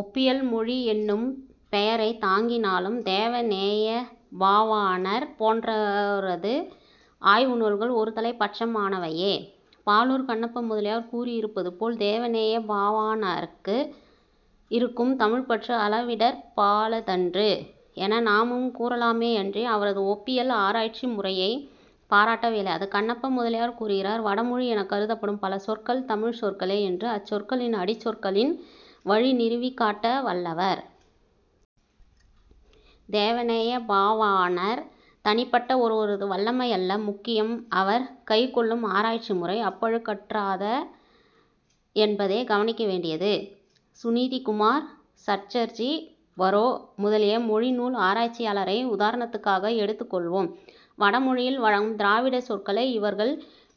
ஒப்பியல் மொழி என்னும் பெயரைத் தாங்கினாலும் தேவ நேயப்பாவாணர் போன்றோரது ஆய்வு நூல்கள் ஒரு தலைப் பட்சமானவையே. பாலூர் கண்ணப்ப முதலியார் கூறியிருப்பதுபோல் தேவநேயப் பாவாணருக்கு இருக்கும் தமிழ்ப்பற்று அளவிடற்பாலதன்று என நாமும் கூறலாமேயன்றி அவரது ஒப்பியல் ஆராய்ச்சி முறையைப் பாராட்டவியலாது. கண்ணப்பமுதலியார் கூறுகிறார் வட மொழி எனக் கருதப்படும் பல சொற்கள் தமிழ் சொற்களே என்று அச்சொற்களின் அடிச் சொற்களின் வழி நிறுவிக்காட்ட வல்லவர். தேவநேயப் பாவாணர் தனிப்பட்ட ஒருவரது வல்லமையல்ல முக்கியம், அவர் கைக்கொள்ளும் ஆராய்ச்சி முறை அப்பழுக்கற்றதா என்பதே கவனிக்க வேண்டியது. சுநிதிகுமார் சட்டர்ஜி பறோ முதலிய மொழிநூல் ஆராய்ச்சியாளரை உதாரணத்துக்காக எடுத்துக் கொள்வோம். வட மொழியில் வழங்கும் திராவிடச் சொற்களை இவர்கள்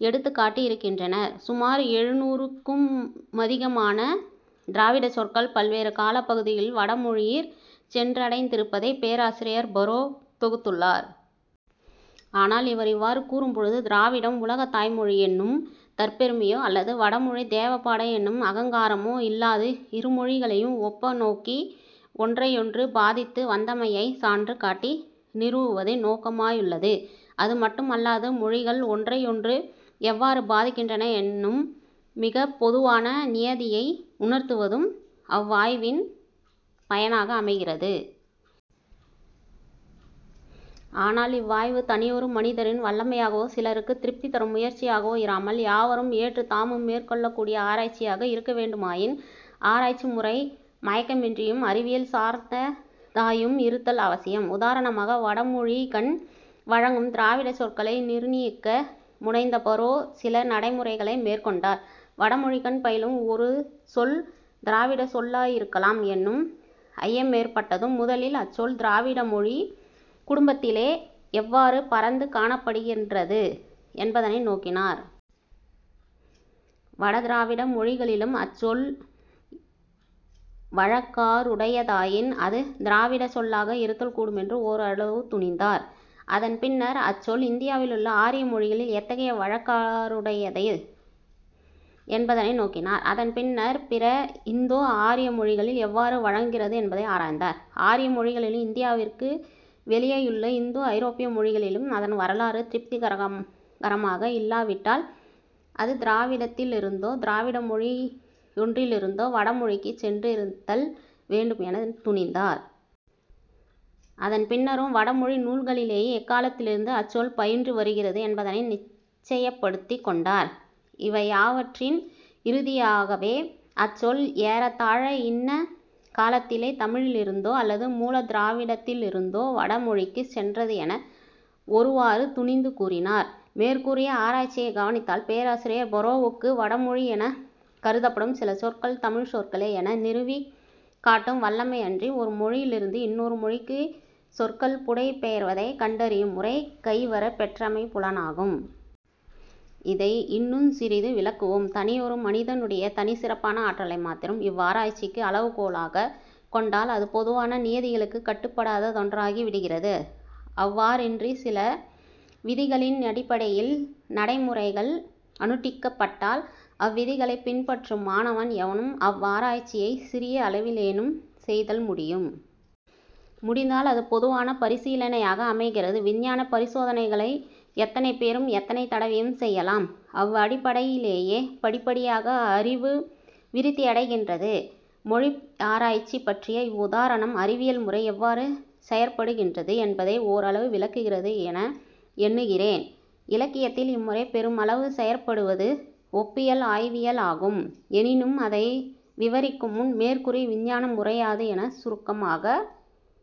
எடுத்துக் காட்டியிருக்கின்றனர் சுமார் எழுநூற்றுக்குமதிகமான திராவிடச் சொற்கள் பல்வேறு காலப் பகுதிகளில் வட மொழியிற் சென்றடைந்திருப்பதைப் பேராசிரியர் பறோ தொகுத்துள்ளார். ஆனால் இவர் இவ்வாறு கூறும் பொழுது திராவிடம் உலகத் தாய்மொழி என்னும் தற்பெருமையோ அல்லது வட மொழி தேவபாடை என்னும் அகங்காரமோ இல்லாது இருமொழிகளையும் ஒப்பநோக்கி ஒன்றையொன்று பாதித்து வந்தமையைச் சான்று காட்டி நிறுவுவதே நோக்கமாயுள்ளது. அது மட்டுமல்லாது மொழிகள் ஒன்றையொன்று எவ்வாறு பாதிக்கின்றன என்னும் மிகப் பொதுவான நியதியை உணர்த்துவதும் அவ்வாய்வின் பயனாக அமைகிறது. ஆனால் இவ்வாய்வு தனியொரு மனிதரின் வல்லமையாகவோ சிலருக்குத் திருப்தி தரும் முயற்சியாகவோ இராமல் யாவரும் ஏற்றுத் தாமும் மேற்கொள்ளக்கூடிய ஆராய்ச்சியாக இருக்க வேண்டுமாயின் ஆராய்ச்சி முறை மயக்கமின்றியும் அறிவியல் சார்ந்ததாயும் இருத்தல் அவசியம். உதாரணமாக வடமொழிக்கண் வழங்கும் திராவிடச் சொற்களை நிருணயிக்க முனைந்த பறோ சில நடைமுறைகளை மேற்கொண்டார் வடமொழிக்கண் பயிலும் ஒரு சொல் திராவிடச் சொல்லாயிருக்கலாம் என்னும் ஐயமேற்பட்டதும் முதலில் அச்சொல் திராவிட மொழிக் குடும்பத்திலே எவ்வாறு பரந்து காணப்படுகின்றது என்பதனை நோக்கினார். வட திராவிட மொழிகளிலும் அச்சொல் வழக்காறுடையதாயின் அது திராவிடச் சொல்லாக இருத்தல் கூடுமென்று ஓரளவு துணிந்தார். அதன் பின்னர் அச்சொல் இந்தியாவிலுள்ள ஆரிய மொழிகளில் எத்தகைய வழக்காறுடையது என்பதனை நோக்கினார். அதன் பின்னர் பிற இந்தோ ஆரிய மொழிகளில் எவ்வாறு வழங்குகிறது என்பதை ஆராய்ந்தார். ஆரிய மொழிகளிலும் இந்தியாவிற்கு வௌியேயுள்ள இந்தோ ஐரோப்பிய மொழிகளிலும் அதன் வரலாறு திருப்திகரமாக இல்லா விட்டால் அது திராவிடத்திலிருந்தோ திராவிட மொழியொன்றிலிருந்தோ வட மொழிக்குச் சென்றிருத்தல் வேண்டும் எனத் துணிந்தார். அதன் பின்னரும் வட மொழி நூல்களிலே எக்காலத்திலிருந்து அச் சொல் பயின்று வருகிறது என்பதனை நிச்சயப்படுத்திக் கொண்டார். இவையாவற்றின் இறுதியாகவே அச் சொல் ஏறத்தாழ இன்ன காலத்திலே தமிழிலிருந்தோ அல்லது மூலத் திராவிடத்திலிருந்தோ வட மொழிக்குச் சென்றது என ஒருவாறு துணிந்து கூறினார். மேற்கூறிய ஆராய்ச்சியைக் கவனித்தால் பேராசிரியர் பறோவுக்கு வடமொழி எனக் கருதப்படும் சில சொற்கள் தமிழ்ச் சொற்களே என நிறுவிக் காட்டும் வல்லமை அன்றி ஒரு மொழியிலிருந்து இன்னொரு மொழிக்குச் சொற்கள் புடை பெயர்வதைக் கண்டறியும் முறை கைவரப் பெற்றமை புலனாகும். இதை இன்னுஞ் சிறிது விளக்குவோம். தனியொரு மனிதனுடைய தனிச் சிறப்பான ஆற்றலை மாத்திரம் இவ்வாராய்ச்சிக்கு அளவு கோலாகக் கொண்டால் அது பொதுவான நியதிகளுக்குக் கட்டுப்படாத தொன்றாகி விடுகிறது. அவ்வாறன்றிச் சில விதிகளினடிப்படையில் நடை முறைகள் அனுட்டிக்கப் பட்டால் அவ்விதிகளைப் பின்பற்றும் மாணவன் எவனும் அவ்வாராய்ச்சியைச் சிறிய அளவிலேனும் செய்தல் முடியும். முடிந்தால் அது பொதுவான பரிசீலனையாக அமைகிறது. விஞ்ஞானப் பரிசோதனைகளை எத்தனை பேரும் எத்தனை தடவையும் செய்யலாம் அவ்வடிப்படையிலேயே படிப்படியாக அறிவு விருத்தியடைகின்றது. மொழியாராய்ச்சி பற்றிய இவ்வுதாரணம் அறிவியல் முறை எவ்வாறு செயற்படுகின்றது என்பதை ஓரளவு விளக்குகிறது என எண்ணுகிறேன். இலக்கியத்தில் இம்முறை பெருமளவு செயற்படுவது ஒப்பியல் ஆய்வியலாகும் எனினும் அதை விவரிக்குமுன் மேற்கூறிய விஞ்ஞான முறையாது எனச் சுருக்கமாகக்